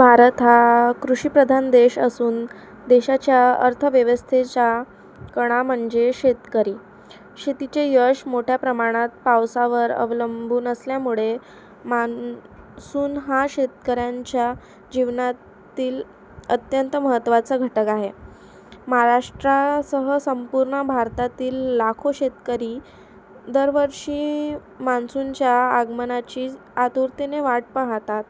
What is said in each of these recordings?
भारत हा कृषिप्रधान देश असून देशाच्या अर्थव्यवस्थेचा कणा म्हणजे शेतकरी. शेतीचे यश मोठ्या प्रमाणात पावसावर अवलंबून असल्यामुळे मान्सून हा शेतकऱ्यांच्या जीवनातील अत्यंत महत्त्वाचा घटक आहे. महाराष्ट्रासह संपूर्ण भारतातील लाखो शेतकरी दरवर्षी मान्सूनच्या आगमनाची आतुरतेने वाट पाहतात.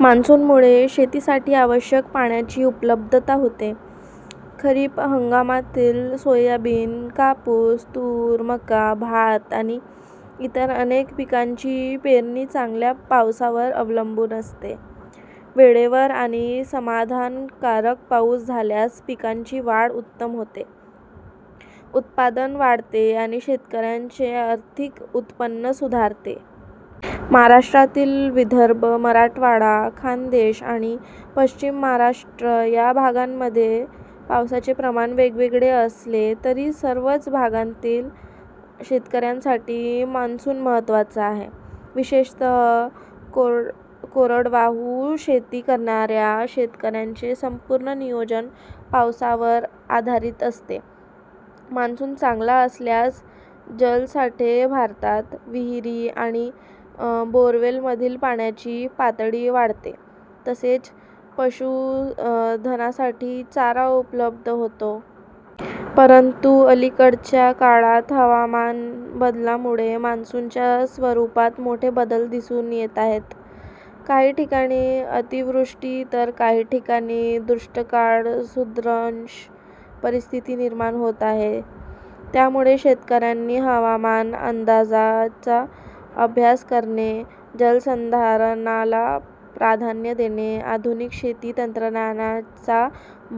मान्सूनमुळे शेतीसाठी आवश्यक पाण्याची उपलब्धता होते. खरीप हंगामातील सोयाबीन, कापूस, तूर, मका, भात आणि इतर अनेक पिकांची पेरणी चांगल्या पावसावर अवलंबून असते. वेळेवर आणि समाधानकारक पाऊस झाल्यास पिकांची वाढ उत्तम होते, उत्पादन वाढते आणि शेतकऱ्यांचे आर्थिक उत्पन्न सुधारते. महाराष्ट्रातील विदर्भ, मराठवाडा, खानदेश आणि पश्चिम महाराष्ट्र या भागांमध्ये पावसाचे प्रमाण वेगवेगळे असले तरी सर्वच भागांतील शेतकऱ्यांसाठी मान्सून महत्त्वाचा आहे. विशेषतः कोरडवाहू शेती करणाऱ्या शेतकऱ्यांचे संपूर्ण नियोजन पावसावर आधारित असते. मान्सून चांगला असल्यास जलसाठे भरतात, विहिरी आणि बोअरवेलमधील पाण्याची पातळी वाढते, तसेच पशुधनासाठी चारा उपलब्ध होतो. परंतु अलिकडच्या काळात हवामान बदलामुळे मान्सूनच्या स्वरूपात मोठे बदल दिसून येत आहेत. काही ठिकाणी अतिवृष्टी तर काही ठिकाणी दुष्काळसदृश परिस्थिती निर्माण होत आहे. त्यामुळे शेतकऱ्यांनी हवामान अंदाजाचा अभ्यास करणे, जलसंधारणाला प्राधान्य देणे, आधुनिक शेती तंत्रज्ञानाचा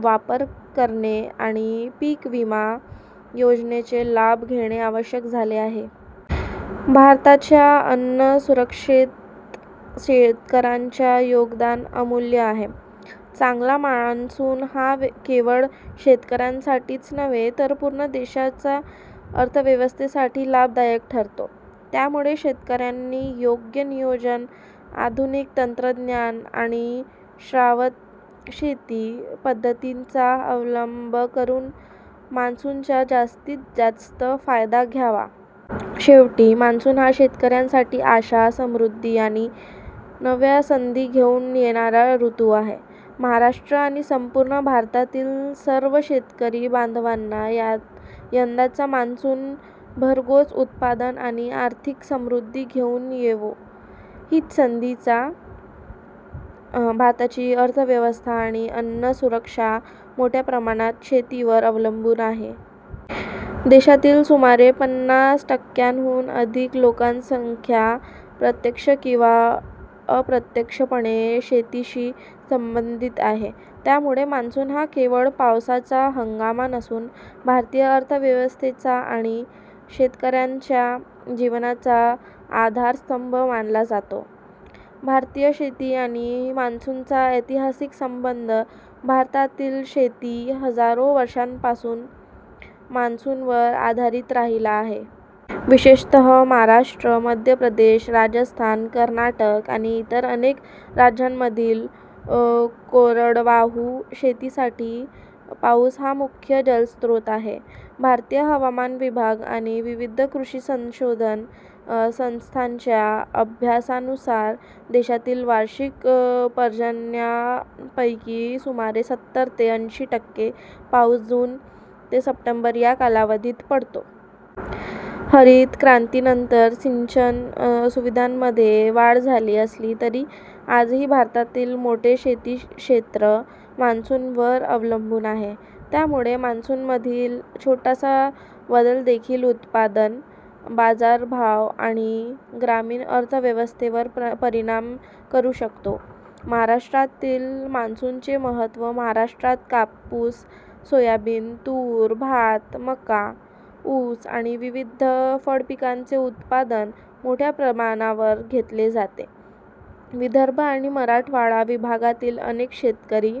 वापर करणे आणि पीक विमा योजनेचा लाभ घेणे आवश्यक झाले आहे. भारताच्या अन्नसुरक्षेत शेतकऱ्यांचे योगदान अमूल्य आहे. चांगला मान्सून हा केवळ शेतकऱ्यांसाठीच नव्हे तर संपूर्ण देशाच्या अर्थव्यवस्थेसाठी लाभदायक ठरतो. त्यामुळे शेतकऱ्यांनी योग्य नियोजन, आधुनिक तंत्रज्ञान आणि शाश्वत शेती पद्धतींचा अवलंब करून मान्सूनचा जास्तीत जास्त फायदा घ्यावा. शेवटी, मान्सून हा शेतकऱ्यांसाठी आशा, समृद्धी आणि नव्या संधी घेऊन येणारा ऋतू आहे. महाराष्ट्र आणि संपूर्ण भारतातील सर्व शेतकरी बांधवांना यंदाचा मान्सून भरघोस उत्पादन आणि आर्थिक समृद्धी घेऊन येवो, हीच सदिच्छा. भारताची अर्थव्यवस्था आणि अन्नसुरक्षा मोठ्या प्रमाणात शेतीवर अवलंबून आहे. देशातील सुमारे पनास टक्क्यांहून अधिक लोकसंख्या प्रत्यक्ष किंवा अप्रत्यक्षपणे शेतीशी संबंधित आहे. त्यामुळे मान्सून हा केवळ पावसाचा हंगाम नसून भारतीय अर्थव्यवस्थेचा आणि शेतकऱ्यांच्या जीवनाचा आधारस्तंभ मानला जातो. भारतीय शेती आणि मान्सूनचा ऐतिहासिक संबंध भारतातील शेती हजारो वर्षांपासून मान्सूनवर आधारित राहिली आहे. विशेषतः महाराष्ट्र, मध्य प्रदेश, राजस्थान, कर्नाटक आणि इतर अनेक राज्यांमधील कोरडवाहू शेतीसाठी पाऊस हा मुख्य जलस्रोत आहे. भारतीय हवामान विभाग आणि विविध कृषी संशोधन संस्थांच्या अभ्यासानुसार, देशातील वार्षिक पर्जन्यमानापैकी सुमारे सत्तर ते अंशी टक्के पाऊस जून ते सप्टेंबर या कालावधीत पडतो. हरित क्रांतीनंतर सिंचन सुविधांमध्ये वाढ झाली असली तरी आजही भारतातील मोठे शेती क्षेत्र मान्सूनवर अवलंबून आहे. त्यामुळे मान्सूनमधील छोटासा बदलदेखील उत्पादन, बाजारभाव आणि ग्रामीण अर्थव्यवस्थेवर परिणाम करू शकतो. महाराष्ट्रातील मान्सूनचे महत्त्व महाराष्ट्रात कापूस, सोयाबीन, तूर, भात, मका, ऊस आणि विविध फळपिकांचे उत्पादन मोठ्या प्रमाणावर घेतले जाते. विदर्भ आणि मराठवाडा विभागातील अनेक शेतकरी--